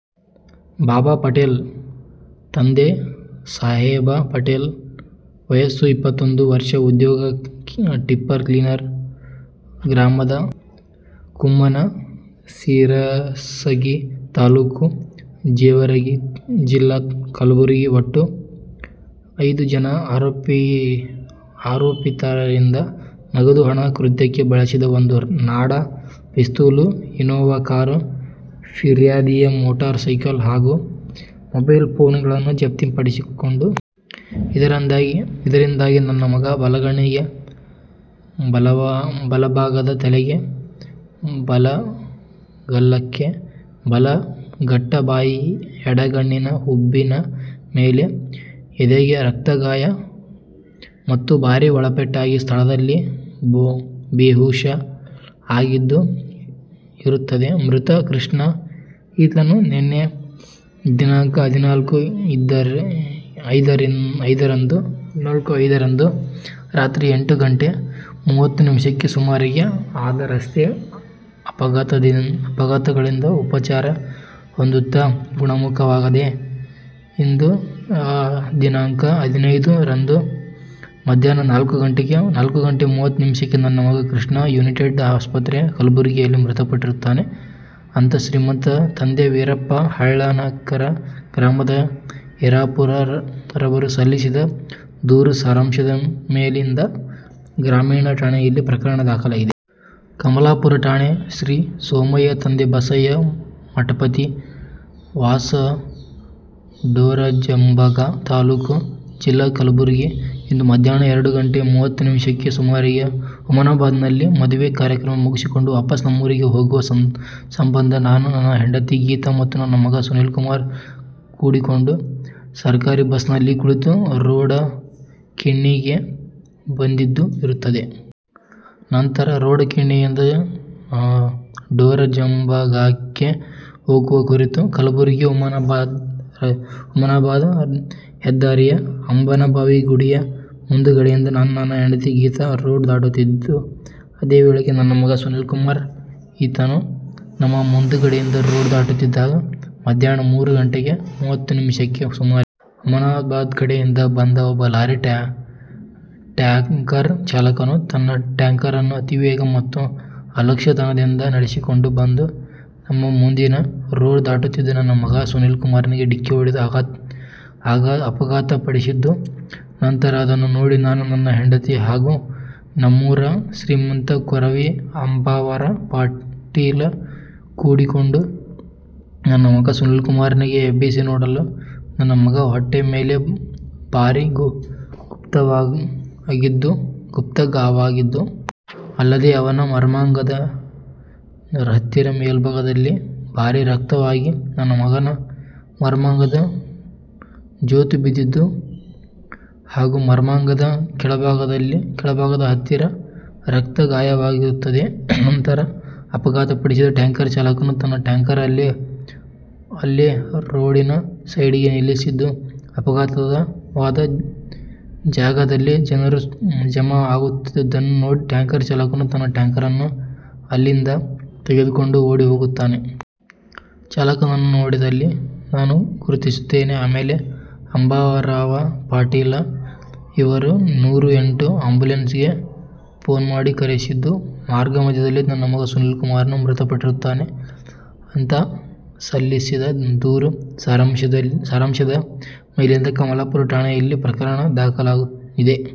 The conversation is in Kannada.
ಬಾಬಾ ಪಟೇಲ ತಂದೆ ಸಾಹೇಬ ಪಟೇಲ ವಯಸ್ಸು ಇಪ್ಪತ್ತೊಂದು ವರ್ಷ ಉದ್ಯೋಗ ಟಿಪ್ಪರ ಕ್ಲೀನರ್ ಗ್ರಾಮ ಕುಮ್ಮನ ಸಿರಸಗಿ ತಾಲ್ಲೂಖು ಜೇವರಗಿ ಜಿಲ್ಲಾ ಕಲಬುರಗಿ ಒಟ್ಟು ಐದು ಜನ ಆರೋಪಿತರಿಂದ ನಗದು ಹಣ, ಕೃತ್ಯಕ್ಕೆ ಬಳಿಸಿದ ಒಂದು ನಾಡ ಪಿಸ್ತೂಲು, ಇನೋವಾ ಕಾರು, ಫಿರ್ಯಾದಿಯ ಮೊಟಾರು ಸೈಕಲ್ ಹಾಗು ಮೊಬೈಲ್ ಫೋನುಗಳನ್ನು ಜಪ್ತು ಪಡಿಸಿಕೊಂಡು. ಇದರಿಂದಾಗಿ ನನ್ನ ಮಗ ಬಲಗಣ್ಣಿಗೆ, ಬಲಭಾಗದ ತಲೆಗೆ ಬಲ ಗಲ್ಲಕ್ಕೆ, ಬಲ ಗಟ್ಟಬಾಯಿ ಎಡಗಣ್ಣಿನ ಹುಬ್ಬಿನ ಮೇಲೆ ಎದೆಗೆ ರಕ್ತಗಾಯ ಮತ್ತು ಭಾರಿ ಒಳಪೆಟ್ಟಾಗಿ ಸ್ಥಳದಲ್ಲಿ ಬೇಹುಷ ಆಗಿದ್ದು ಇರುತ್ತದೆ. ಮೃತ ಕೃಷ್ಣಾ ಈತನು ನಿನ್ನೆ ದಿನಾಂಕ ಹದಿನಾಲ್ಕು ಐದರಂದು ರಾತ್ರಿ ಎಂಟು ಗಂಟೆ ಮೂವತ್ತು ನಿಮಿಷಕ್ಕೆ ಸುಮಾರಿಗೆ ಆದ ರಸ್ತೆ ಅಪಘಾತಗಳಿಂದ ಉಪಚಾರ ಹೊಂದುತ್ತಾ ಗುಣಮುಖವಾಗದೇ ಇಂದು ದಿನಾಂಕ ಹದಿನೈದು ಐದರಂದು ಮಧ್ಯಾಹ್ನ ನಾಲ್ಕು ಗಂಟೆ ಮೂವತ್ತು ನಿಮಿಷಕ್ಕೆ ನನ್ನ ಮಗ ಕೃಷ್ಣಾ ಯುನೈಟೆಡ್ ಆಸ್ಪತ್ರೆ ಕಲಬುರಗಿಯಲ್ಲಿ ಮೃತಪಟ್ಟಿರುತ್ತಾನೆ ಅಂತಾ ಶ್ರೀಮಂತ ತಂದೆ ವೀರಪ್ಪಾ ಹಳ್ಳನಕರ ಗ್ರಾಮ ಹೀರಾಪೂರ ರವರು ಸಲ್ಲಿಸಿದ ದೂರು ಸಾರಾಂಶದ ಮೇಲಿಂದ ಗ್ರಾಮೀಣ ಠಾಣೆಯಲ್ಲಿ ಪ್ರಕರಣ ದಾಖಲಾಗಿದೆ. ಕಮಲಾಪೂರ ಠಾಣೆ: ಶ್ರೀ ಸೋಮಯ್ಯ ತಂದೆ ಬಸಯ್ಯ ಮಠಪತಿ ವಾಸ ಡೊರಜಂಬಗಾ ತಾಲ್ಲೂಖು: ಜಿಲ್ಲಾ :ಕಲಬುರಗಿ ಇಂದು ಮದ್ಯಾಹ್ನ ಎರಡು ಗಂಟೆ ಮೂವತ್ತು ನಿಮಿಷಕ್ಕೆ ಸೂಮಾರಿಗೆ ಹುಮನಾಬಾದನಲ್ಲಿ ಮದುವೆ ಕಾರ್ಯಕ್ರಮ ಮುಗಿಸಿಕೊಂಡು ವಾಪಸ್ ನಮ್ಮೂರಿಗೆ ಹೋಗುವ ಸಂಬಂಧ ನಾನು ನನ್ನ ಹೆಂಡತಿ ಗೀತಾ ಮತ್ತು ನನ್ನ ಮಗ ಸುನೀಲಕುಮಾರ ಕೂಡಿಕೊಂಡು ಸರಕಾರಿ ಬಸ್ನಲ್ಲಿ ಕುಳಿತು ರೋಡಕಿಣ್ಣಿಗೆ ಬಂದಿದ್ದು ಇರುತ್ತದೆ. ನಂತರ ರೋಡಕಿಣ್ಣಿಯಿಂದ ಡೊರಜಂಬಗಾಕ್ಕೆ ಹೋಗುವ ಕುರಿತು ಕಲಬುರಗಿ ಹುಮನಾಬಾದ ಹೆದ್ದಾರಿಯ ಅಂಬಾಭವಾನಿ ಗುಡಿಯ ಮುಂದುಗಡೆಯಿಂದ ನಾನು ನನ್ನ ಹೆಂಡತಿ ಗೀತಾ ರೋಡ್ ದಾಟುತ್ತಿದ್ದು ಅದೇ ವೇಳೆಗೆ ನನ್ನ ಮಗ ಸುನೀಲಕುಮಾರ ಈತನು ನಮ್ಮ ಮುಂದುಗಡೆಯಿಂದ ರೋಡ್ ದಾಟುತ್ತಿದ್ದಾಗ ಮಧ್ಯಾಹ್ನ ಮೂರು ಗಂಟೆ ಮೂವತ್ತು ನಿಮಿಷಕ್ಕೆ ಸೂಮಾರಿಗೆ ಹುಮನಾಬಾದ ಕಡೆಯಿಂದ ಒಬ್ಬ ಲಾರಿ ಟ್ಯಾಂಕರ್ ಚಾಲಕನು ತನ್ನ ಟ್ಯಾಂಕರನ್ನು ಅತಿವೇಗ ಮತ್ತು ಅಲಕ್ಷ್ಯತನದಿಂದ ನಡೆಸಿಕೊಂಡು ಬಂದು ನಮ್ಮ ಮುಂದಿನಿಂದ ರೋಡ್ ದಾಟುತ್ತಿದ್ದ ನನ್ನ ಮಗ ಸುನೀಲಕುಮಾರನಿಗೆ ಡಿಕ್ಕಿ ಹೊಡೆದು ಅಪಘಾತ ಪಡಿಸಿದ್ದು ನಂತರ ಅದನ್ನು ನೋಡಿ ನಾನು ನನ್ನ ಹೆಂಡತಿ ಹಾಗೂ ನಮ್ಮೂರ ಶ್ರೀಮಂತ ಕೋರವಿ ಅಂಬಾರಾವ ಪಾಟೀಲ ಕೂಡಿಕೊಂಡು ನನ್ನ ಮಗ ಸುನೀಲಕುಮಾರನಿಗೆ ಎಬ್ಬಿಸಿ ನೋಡಲು ನನ್ನ ಮಗನ ಹೊಟ್ಟೆಯ ಮೇಲೆ ಭಾರಿ ಗುಪ್ತಗಾವಾಗಿದ್ದು. ಅಲ್ಲದೆ ಅವನ ಮರ್ಮಾಂಗದ ಹತ್ತಿರ ಮೇಲ್ಬಾದಲ್ಲಿ ಭಾರಿ ರಕ್ತಗಾವಾಗಿ ನನ್ನ ಮಗನ ಮರ್ಮಾಂಗದ ಜೋತು ಬಿದ್ದಿದ್ದು ಹಾಗೂ ಮರ್ಮಾಂಗದ ಕೆಳಭಾಗದ ಹತ್ತಿರ ರಕ್ತ ಗಾಯವಾಗಿರುತ್ತದೆ. ನಂತರ ಅಪಘಾತ ಪಡಿಸಿದ ಟ್ಯಾಂಕರ್ ಚಾಲಕನು ತನ್ನ ಟ್ಯಾಂಕರನ್ನು ಅಲ್ಲೆ ರೋಡಿನ ಸೈಡಿಗೆ ನಿಲ್ಲಿಸಿದ್ದು ಅಪಘಾತವಾದ ಜಾಗದಲ್ಲಿ ಜನರು ಜಮಾ ಆಗುತ್ತಿದ್ದನ್ನು ನೋಡಿ ಟ್ಯಾಂಕರ್ ಚಾಲಕನು ತನ್ನ ಟ್ಯಾಂಕರನ್ನು ಅಲ್ಲಿಂದ ತೆಗೆದುಕೊಂಡು ಓಡಿ ಹೋಗಿರುತ್ತಾನೆ. ಚಾಲಕನನ್ನು ನೋಡಿದಲ್ಲಿ ನಾನು ಗುರುತಿಸುತ್ತೇನೆ. ಆಮೇಲೆ ಅಂಬಾರಾವ ಪಾಟೀಲ ಇವರು ನೂರ ಎಂಟು ಅಂಬುಲೆನ್ಸ್ ಗೆ ಫೋನ್ ಮಾಡಿ ಕರೆಯಿಸಿದ್ದು ಮಾರ್ಗ ಮಧ್ಯದಲ್ಲಿ ನನ್ನ ಮಗ ಸುನೀಲ ಕುಮಾರನು ಮೃತ ಪಟ್ಟಿರುತ್ತಾನೆ ಅಂತಾ ಸಲ್ಲಿಸಿದ ದೂರು ಸಾರಾಂಶದ ಮೇಲಿಂದ ಕಮಲಾಪೂರ ಠಾಣೆಯಲ್ಲಿ ಪ್ರಕರಣ ದಾಖಲಾಗಿದೆ.